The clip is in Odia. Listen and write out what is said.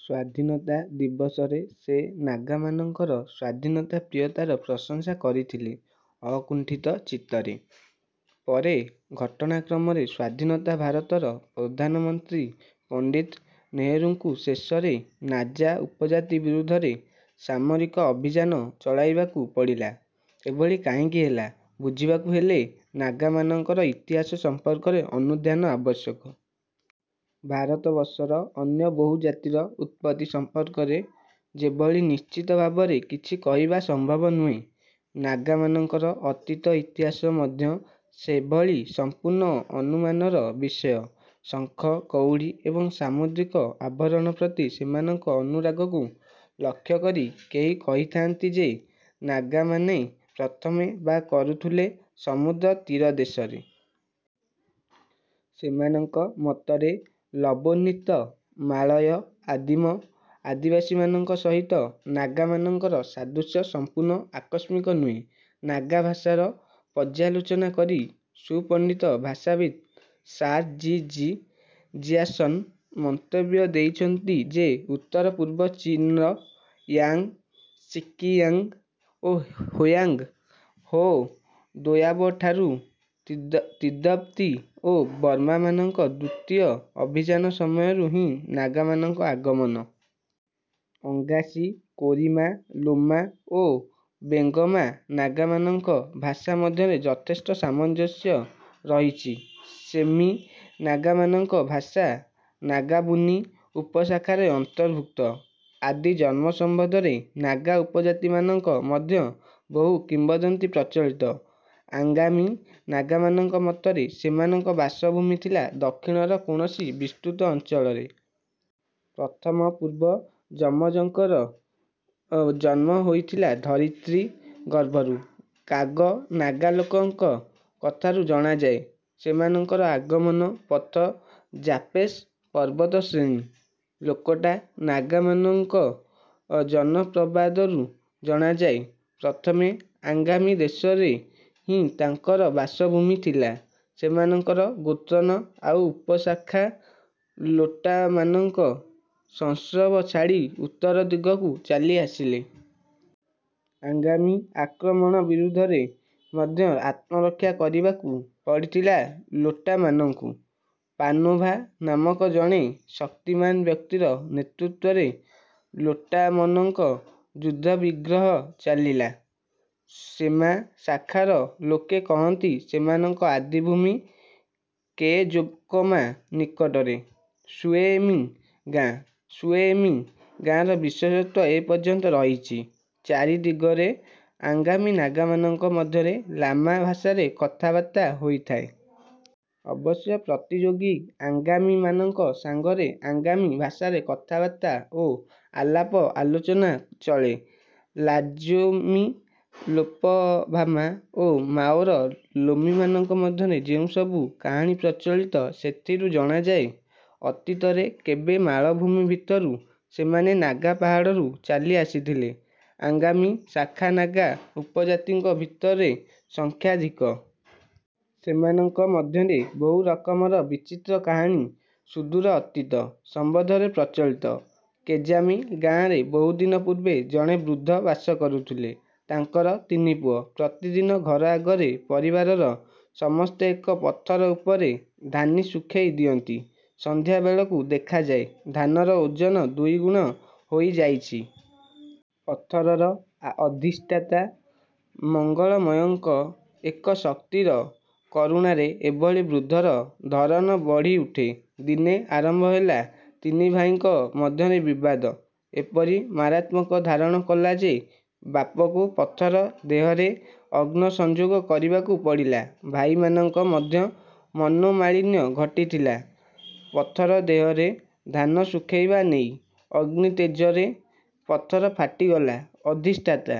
ସ୍ୱାଧୀନତା ଦିବସରେ ସେ ନାଗାମାନଙ୍କର ସ୍ୱାଧୀନତାପ୍ରିୟତାର ପ୍ରଶଂସା କରିଥିଲେ ଅକୁଣ୍ଠିତ ଚିତ୍ତରେ। ପରେ ଘଟଣାକ୍ରମରେ ସ୍ୱାଧୀନତା ଭାରତର ପ୍ରଧାନମନ୍ତ୍ରୀ ପଣ୍ଡିତ ନେହେରୁଙ୍କୁ ଶେଷରେ ନାଜା ଉପଜାତି ବିରୁଦ୍ଧରେ ସାମରିକ ଅଭିଯାନ ଚଳାଇବାକୁ ପଡ଼ିଲା। ଏଭଳି କାହିଁକି ହେଲା, ବୁଝିବାକୁ ହେଲେ ନାଗାମାନଙ୍କର ଇତିହାସ ସମ୍ପର୍କରେ ଅନୁଧ୍ୟାନ ଆବଶ୍ୟକ। ଭାରତବର୍ଷର ଅନ୍ୟ ବହୁ ଜାତିର ଉତ୍ପତ୍ତି ସମ୍ପର୍କରେ ଯେଭଳି ନିଶ୍ଚିତ ଭାବରେ କିଛି କହିବା ସମ୍ଭବ ନୁହେଁ, ନାଗାମାନଙ୍କର ଅତୀତ ଇତିହାସ ମଧ୍ୟ ସେଭଳି ସମ୍ପୂର୍ଣ୍ଣ ଅନୁମାନର ବିଷୟ। ଶଙ୍ଖ, କଉଡ଼ି ଏବଂ ସାମୁଦ୍ରିକ ଆଭରଣ ପ୍ରତି ସେମାନଙ୍କ ଅନୁରାଗକୁ ଲକ୍ଷ୍ୟକରି କେହି କହିଥାଆନ୍ତି ଯେ ନାଗାମାନେ ପ୍ରଥମେ ବା କରୁଥିଲେ ସମୁଦ୍ର ତୀରଦେଶରେ। ସେମାନଙ୍କ ମତରେ ଳବୋର୍ଣ୍ଣିତ, ମାଳୟ ଆଦିମ ଆଦିବାସୀମାନଙ୍କ ସହିତ ନାଗାମାନଙ୍କର ସାଦୃଶ୍ୟ ସମ୍ପୂର୍ଣ୍ଣ ଆକସ୍ମିକ ନୁହେଁ। ନାଗା ଭାଷାର ପର୍ଯ୍ୟାଲୋଚନା କରି ସୁପଣ୍ଡିତ ଭାଷାବିତ୍ ସାର ଜି. ଜି. ଜିୟାର୍ସନ ମନ୍ତବ୍ୟ ଦେଇଛନ୍ତି ଯେ ଉତ୍ତର-ପୂର୍ବ ଚୀନ୍ର ଇୟାଂଗ୍, ସିକିୟାଂଗ ଓ ହୋୟାଂଗ ହୋ ଦୋୟାବଠାରୁ ତିବ୍ବତୀ ଓ ବର୍ମାମାନଙ୍କ ଦ୍ୱିତୀୟ ଅଭିଯାନ ସମୟରୁ ହିଁ ନାଗାମାନଙ୍କ ଆଗମନ। ଅଙ୍ଗାସି, କୋରିମା, ଲୋମା ଓ ବେଙ୍ଗମା ନାଗାମାନଙ୍କ ଭାଷା ମଧ୍ୟରେ ଯଥେଷ୍ଟ ସାମଞ୍ଜସ୍ୟ ରହିଚି। ସେମି ନାଗାମନଙ୍କ ଭାଷା ନାଗାବୁନି ଉପଶାଖାରେ ଅନ୍ତର୍ଭୁକ୍ତ। ଆଦି ଜନ୍ମ ସମ୍ୱନ୍ଧରେ ନାଗା ଉପଜାତିମାନଙ୍କ ମଧ୍ୟ ବହୁ କିମ୍ୱଦନ୍ତୀ ପ୍ରଚଳିତ। ଆଙ୍ଗାମି ନାଗାମାନଙ୍କ ମତରେ ସେମାନଙ୍କ ବାସଭୂମି ଥିଲା ଦକ୍ଷିଣର କୌଣସି ବିସ୍ତୃତ ଅଞ୍ଚଳରେ। ପ୍ରଥମ ପୂର୍ବ ଯମଜଙ୍କର ଜନ୍ମ ହୋଇଥିଲା ଧରିତ୍ରୀ ଗର୍ଭରୁ। କାଗ ନାଗାଲୋକଙ୍କ କଥାରୁ ଜଣାଯାଏ, ସେମାନଙ୍କର ଆଗମନ ପଥ ଜାପେସ ପର୍ବତ ଶ୍ରେଣୀ। ଲୋକଟା ନାଗାମନଙ୍କ ଜନ-ପ୍ରବାଦରୁ ଜଣାଯାଏ, ପ୍ରଥମେ ଆଙ୍ଗାମି ଦେଶରେ ହିଁ ତାଙ୍କର ବାସଭୂମି ଥିଲା। ସେମାନଙ୍କର ଗୋତ୍ରନ ''ଆଉ'' ଉପଶାଖା ଲୋଟାମାନଙ୍କ ସଂସ୍ରବ ଛାଡ଼ି ଉତ୍ତର ଦିଗକୁ ଚାଲିଆସିଲେ। ଆଙ୍ଗାମି ଆକ୍ରମଣ ବିରୁଦ୍ଧରେ ମଧ୍ୟ ଆତ୍ମରକ୍ଷା କରିବାକୁ ପଡ଼ିଥିଲା ଲୋଟାମାନଙ୍କୁ। ପାନୋଭା ନାମକ ଜଣେ ଶକ୍ତିମାନ ବ୍ୟକ୍ତିର ନେତୃତ୍ୱରେ ଲୋଟାମନଙ୍କ ଯୁଦ୍ଧବିଗ୍ରହ ଚାଲିଲା। ସେମା ଶାଖାର ଲୋକେ କହନ୍ତି, ସେମାନଙ୍କ ଆଦିଭୂମି କେଜୋକମା ନିକଟରେ ସୁଇଏମି ଗାଁ। ସୁଇଏମି ଗାଁର ବିଶେଷତ୍ୱ ଏପର୍ଯ୍ୟନ୍ତ ରହିଚି। ଚାରି ଦିଗରେ ଆଙ୍ଗାମି ନାଗାମାନଙ୍କ ମଧ୍ୟରେ ଲାମା ଭାଷାରେ କଥାବାର୍ତ୍ତା ହୋଇଥାଏ। ଅବଶ୍ୟ ପ୍ରତିଯୋଗୀ ଆଙ୍ଗାମିମାନଙ୍କ ସାଙ୍ଗରେ ଆଙ୍ଗାମି ଭାଷାରେ କଥାବାର୍ତ୍ତା ଓ ଆଲାପ ଆଲୋଚନା ଚଳେ। ଲୋଜେମି ଲୋପଭାମା ଓ ମାଓର ଲୋମୀମାନଙ୍କ ମଧ୍ୟରେ ଯେଉଁ ସବୁ କାହାଣୀ ପ୍ରଚଳିତ ସେଥିରୁ ଜଣାଯାଏ, ଅତୀତରେ କେବେ ମାଳଭୂମି ଭିତରୁ ସେମାନେ ନାଗା ପାହାଡ଼ରୁ ଚାଲି ଆସିଥିଲେ। ଆଙ୍ଗାମି ଶାଖା ନାଗା ଉପଜାତିଙ୍କ ଭିତରେ ସଂଖ୍ୟାଧିକ। ସେମାନଙ୍କ ମଧ୍ୟରେ ବହୁ ରକମର ବିଚିତ୍ର କାହାଣୀ ସୁଦୂର ଅତୀତ। ସମ୍ୱନ୍ଧରେ ପ୍ରଚଳିତ। କେଜାମି ଗାଁରେ ବହୁଦିନ ପୂର୍ବେ ଜଣେ ବୃଦ୍ଧ ବାସ କରୁଥିଲେ। ତାଙ୍କର ତିନି ପୁଅ। ପ୍ରତିଦିନ ଘର ଆଗରେ ପରିବାରର ସମସ୍ତେ ଏକ ପଥର ଉପରେ ଧାନି ଶୁଖେଇ ଦିଅନ୍ତି। ସନ୍ଧ୍ୟା ବେଳକୁ ଦେଖାଯାଏ, ଧାନର ଓଜନ ଦୁଇଗୁଣ ହୋଇଯାଇଚି। ପଥରର ଅଧିଷ୍ଠାତା ମଙ୍ଗଳମୟଙ୍କ ଏକ ଶକ୍ତିର କରୁଣାରେ ଏଭଳି ବୃଦ୍ଧର ଧରନ ବଢିଉଠେ। ଦିନେ ଆରମ୍ଭ ହେଲା ତିନି ଭାଇଙ୍କ ମଧ୍ୟରେ ବିବାଦ। ଏପରି ମାରାତ୍ମକ ଧାରଣ କଲା ଯେ ବାପକୁ ପଥର ଦେହରେ ଅଗ୍ନ ସଞ୍ଜୋଗ କରିବାକୁ ପଡ଼ିଲା। ଭାଇମାନଙ୍କ ମଧ୍ୟ ମନୋମାଳିନ୍ୟ ଘଟିଥିଲା ପଥର ଦେହରେ ଧାନ ଶୁଖେଇବା ନେଇ। ଅଗ୍ନି ତେଜରେ ପଥର ଫାଟିଗଲା। ଅଧିଷ୍ଠାତା